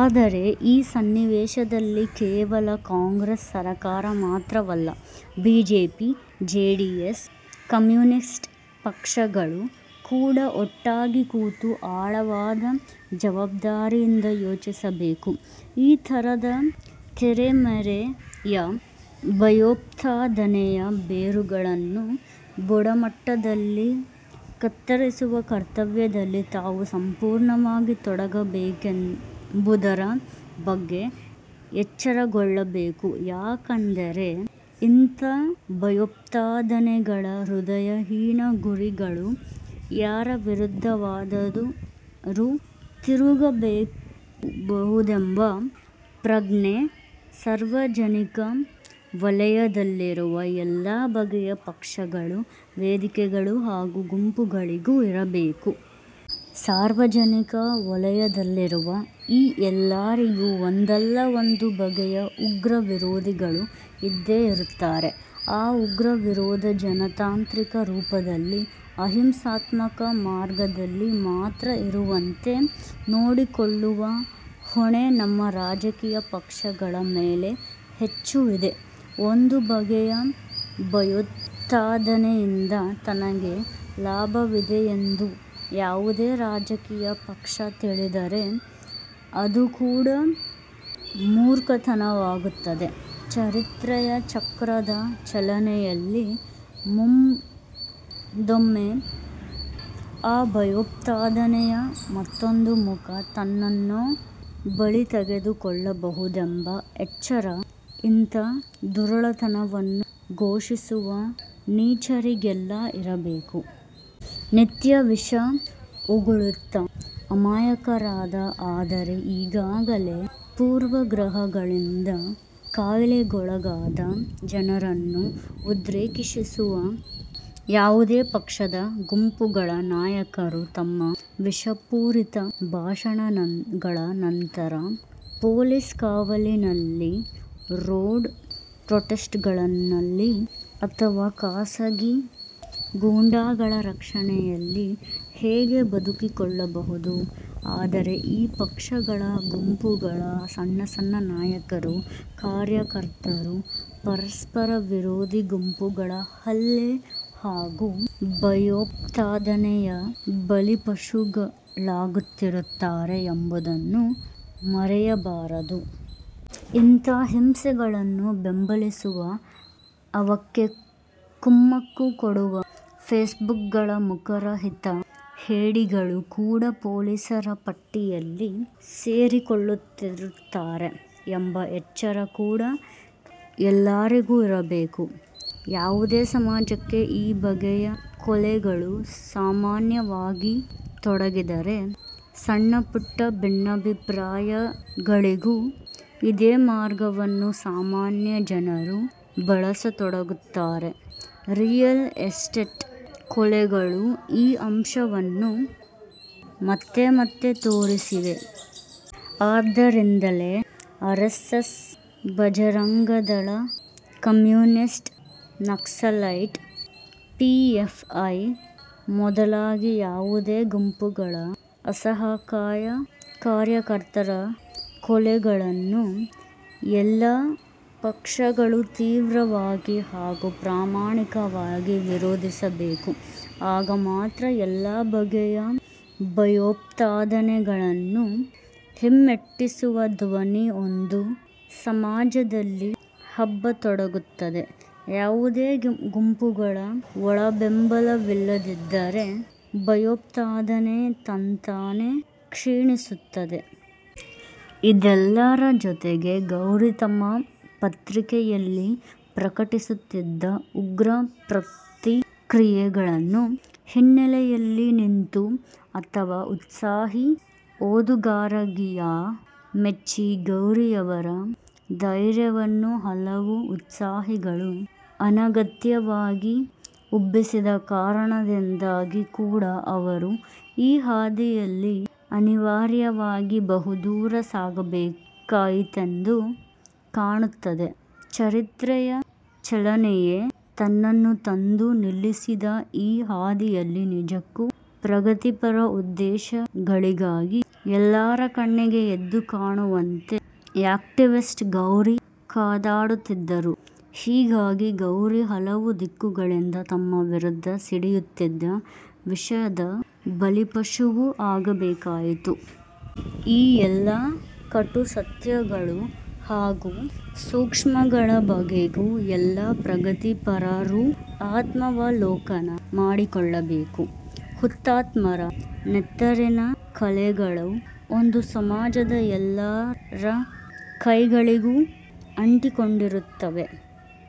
ಆದರೆ ಈ ಸನ್ನಿವೇಶದಲ್ಲಿ ಕೇವಲ ಕಾಂಗ್ರೆಸ್ ಸರಕಾರ ಮಾತ್ರವಲ್ಲ, ಬಿಜೆಪಿ, ಜೆಡಿಎಸ್, ಕಮ್ಯುನಿಸ್ಟ್ ಪಕ್ಷಗಳು ಕೂಡ ಒಟ್ಟಾಗಿ ಕೂತು ಆಳವಾದ ಜವಾಬ್ದಾರಿಯಿಂದ ಯೋಚಿಸಬೇಕು; ಈ ಥರದ ತೆರೆಮರೆಯ ಭಯೋತ್ಪಾದನೆಯ ಬೇರುಗಳನ್ನು ಬುಡಮಟ್ಟದಲ್ಲಿ ಕತ್ತರಿಸುವ ಕರ್ತವ್ಯದಲ್ಲಿ ತಾವೂ ಸಂಪೂರ್ಣವಾಗಿ ತೊಡಗಬೇಕೆಂಬುದರ ಬಗ್ಗೆ ಎಚ್ಚರಗೊಳ್ಳಬೇಕು. ಯಾಕೆಂದರೆ, ಇಂಥ ಭಯೋತ್ಪಾದನೆಗಳ ಹೃದಯಹೀನ ಗುರಿಗಳು ಯಾರ ವಿರುದ್ಧವಾದರೂ ತಿರುಗಬಹುದೆಂಬ ಪ್ರಜ್ಞೆ ಸಾರ್ವಜನಿಕ ವಲಯದಲ್ಲಿರುವ ಎಲ್ಲ ಬಗೆಯ ಪಕ್ಷಗಳು, ವೇದಿಕೆಗಳು ಹಾಗೂ ಗುಂಪುಗಳಿಗೂ ಇರಬೇಕು. ಸಾರ್ವಜನಿಕ ವಲಯದಲ್ಲಿರುವ ಈ ಎಲ್ಲರಿಗೂ ಒಂದಲ್ಲ ಒಂದು ಬಗೆಯ ಉಗ್ರ ವಿರೋಧಿಗಳು ಇದ್ದೇ ಇರುತ್ತಾರೆ. ಆ ಉಗ್ರ ವಿರೋಧ ಜನತಾಂತ್ರಿಕ ರೂಪದಲ್ಲಿ, ಅಹಿಂಸಾತ್ಮಕ ಮಾರ್ಗದಲ್ಲಿ ಮಾತ್ರ ಇರುವಂತೆ ನೋಡಿಕೊಳ್ಳುವ ಹೊಣೆ ನಮ್ಮ ರಾಜಕೀಯ ಪಕ್ಷಗಳ ಮೇಲೆ ಹೆಚ್ಚು ಇದೆ. ಒಂದು ಬಗೆಯ ಭಯೋತ್ಪಾದನೆಯಿಂದ ತನಗೆ ಲಾಭವಿದೆಯೆಂದು ಯಾವುದೇ ರಾಜಕೀಯ ಪಕ್ಷ ತಿಳಿದರೆ ಅದು ಕಡು ಮೂರ್ಖತನವಾಗುತ್ತದೆ; ಚರಿತ್ರೆಯ ಚಕ್ರದ ಚಲನೆಯಲ್ಲಿ ಮುಂದೊಮ್ಮೆ ಆ ಭಯೋತ್ಪಾದನೆಯ ಮತ್ತೊಂದು ಮುಖ ತನ್ನನ್ನೂ ಬಲಿ ತೆಗೆದುಕೊಳ್ಳಬಹುದೆಂಬ ಎಚ್ಚರ ಇಂಥ ದುರುಳತನವನ್ನು ಪೋಷಿಸುವ ನೀಚರಿಗೆಲ್ಲ ಇರಬೇಕು. ನಿತ್ಯ ವಿಷ ಉಗುಳುತ್ತಾ ಅಮಾಯಕರಾದ, ಆದರೆ ಈಗಾಗಲೇ ಪೂರ್ವಗ್ರಹಗಳಿಂದ ಕಾಯಿಲೆಗೊಳಗಾದ, ಜನರನ್ನು ಉದ್ರೇಕಿಸುವ ಯಾವುದೇ ಪಕ್ಷದ, ಗುಂಪುಗಳ ನಾಯಕರು ತಮ್ಮ ವಿಷಪೂರಿತ ಭಾಷಣಗಳ ನಂತರ ಪೊಲೀಸ್ ಕಾವಲಿನಲ್ಲಿ, ಝಡ್ ಪ್ರೊಟೆಕ್ಷನ್ನಲ್ಲಿ ಅಥವಾ ಖಾಸಗಿ ಗೂಂಡಾಗಳ ರಕ್ಷಣೆಯಲ್ಲಿ ಹೇಗೋ ಬದುಕಿಕೊಳ್ಳಬಹುದು; ಆದರೆ ಈ ಪಕ್ಷಗಳ, ಗುಂಪುಗಳ ಸಣ್ಣ ಸಣ್ಣ ನಾಯಕರು, ಕಾರ್ಯಕರ್ತರು ಪರಸ್ಪರ ವಿರೋಧಿ ಗುಂಪುಗಳ ಹಲ್ಲೆ ಹಾಗೂ ಭಯೋತ್ಪಾದನೆಯ ಬಲಿಪಶುಗಳಾಗುತ್ತಿರುತ್ತಾರೆ ಎಂಬುದನ್ನು ಮರೆಯಬಾರದು. ಇಂಥ ಹಿಂಸೆಗಳನ್ನು ಬೆಂಬಲಿಸುವ, ಅವಕ್ಕೆ ಕುಮ್ಮಕ್ಕು ಕೊಡುವ ಫೇಸ್ಬುಕ್ಗಳ ಮುಖರಹಿತ ಹೇಡಿಗಳು ಕೂಡ ಪೊಲೀಸರ ಪಟ್ಟಿಯಲ್ಲಿ ಸೇರಿಕೊಳ್ಳುತ್ತಿರುತ್ತಾರೆ ಎಂಬ ಎಚ್ಚರ ಕೂಡ ಎಲ್ಲರಿಗೂ ಇರಬೇಕು. ಯಾವುದೇ ಸಮಾಜಕ್ಕೆ ಈ ಬಗೆಯ ಕೊಲೆಗಳು ಸಾಮಾನ್ಯವಾಗತೊಡಗಿದರೆ, ಸಣ್ಣಪುಟ್ಟ ಭಿನ್ನಾಭಿಪ್ರಾಯಗಳಿಗೂ ಇದೇ ಮಾರ್ಗವನ್ನು ಸಾಮಾನ್ಯ ಜನರೂ ಬಳಸತೊಡಗುತ್ತಾರೆ. ರಿಯಲ್ ಎಸ್ಟೇಟ್ ಕೊಲೆಗಳು ಈ ಅಂಶವನ್ನು ಮತ್ತೆ ಮತ್ತೆ ತೋರಿಸಿವೆ. ಆದ್ದರಿಂದಲೇ RSS, Bajrang Dal, communist, Naxalite, PFI ಮೊದಲಾಗಿ ಯಾವುದೇ ಗುಂಪುಗಳ ಅಸಹಾಯಕ ಕಾರ್ಯಕರ್ತರ ಕೊಲೆಗಳನ್ನು ಎಲ್ಲ ಪಕ್ಷಗಳೂ ತೀವ್ರವಾಗಿ ಹಾಗೂ ಪ್ರಾಮಾಣಿಕವಾಗಿ ವಿರೋಧಿಸಬೇಕು. ಆಗ ಮಾತ್ರ ಎಲ್ಲ ಬಗೆಯ ಭಯೋತ್ಪಾದನೆಗಳನ್ನು ಹಿಮ್ಮೆಟ್ಟಿಸುವ ಧ್ವನಿ ಒಂದು ಸಮಾಜದಲ್ಲಿ ಹಬ್ಬತೊಡಗುತ್ತದೆ; ಯಾವುದೇ ಗುಂಪುಗಳ ಒಳಬೆಂಬಲವಿಲ್ಲದಿದ್ದರೆ ಭಯೋತ್ಪಾದನೆ ತಂತಾನೇ ಕ್ಷೀಣಿಸುತ್ತದೆ. ಇದೆಲ್ಲದರ ಜೊತೆಗೇ, ಗೌರಿ ತಮ್ಮ ಪತ್ರಿಕೆಯಲ್ಲಿ ಪ್ರಕಟಿಸುತ್ತಿದ್ದ ಉಗ್ರ ಪ್ರತಿಕ್ರಿಯೆಗಳನ್ನು ಹಿನ್ನೆಲೆಯಲ್ಲಿ ನಿಂತೋ ಅಥವಾ ಉತ್ಸಾಹಿ ಓದುಗರಾಗಿಯೋ ಮೆಚ್ಚಿ, ಗೌರಿಯವರ 'ಧೈರ್ಯ'ವನ್ನು ಹಲವು 'ಉತ್ಸಾಹಿಗಳು' ಅನಗತ್ಯವಾಗಿ ಉಬ್ಬಿಸಿದ ಕಾರಣದಿಂದಾಗಿ ಕೂಡ ಅವರು ಆ ಹಾದಿಯಲ್ಲಿ ಅನಿವಾರ್ಯವಾಗಿ ಬಹು ದೂರ ಸಾಗಬೇಕಾಯಿತೆಂದು ಕಾಣುತ್ತದೆ; ಚರಿತ್ರೆಯ ಚಲನೆಯೇ ತನ್ನನ್ನು ತಂದು ನಿಲ್ಲಿಸಿದ ಆ ಹಾದಿಯಲ್ಲಿ ನಿಜಕ್ಕೂ ಪ್ರಗತಿಪರ ಉದ್ದೇಶಗಳಿಗಾಗಿ, ಎಲ್ಲರ ಕಣ್ಣಿಗೆ ಎದ್ದು ಕಾಣುವಂತೆ ಆ್ಯಕ್ಟಿವಿಸ್ಟ್ ಗೌರಿ ಕಾದಾಡುತ್ತಿದ್ದರು; ಹೀಗಾಗಿ ಗೌರಿ ಹಲವು ದಿಕ್ಕುಗಳಿಂದ ತಮ್ಮ ವಿರುದ್ಧ ಸಿಡಿಯುತ್ತಿದ್ದ ವಿಷದ ಬಲಿಪಶುವೂ ಆಗಬೇಕಾಯಿತು. ಈ ಎಲ್ಲ ಕಟು ಸತ್ಯಗಳು ಹಾಗೂ ಸೂಕ್ಷ್ಮಗಳ ಬಗೆಗೂ ಎಲ್ಲ ಪ್ರಗತಿಪರರೂ ಆತ್ಮಾವಲೋಕನ ಮಾಡಿಕೊಳ್ಳಬೇಕು. ಹುತಾತ್ಮರ ನೆತ್ತರಿನ ಕಲೆಗಳು ಒಂದು ಸಮಾಜದ ಎಲ್ಲರ ಕೈಗಳಿಗೂ ಅಂಟಿಕೊಂಡಿರುತ್ತವೆ.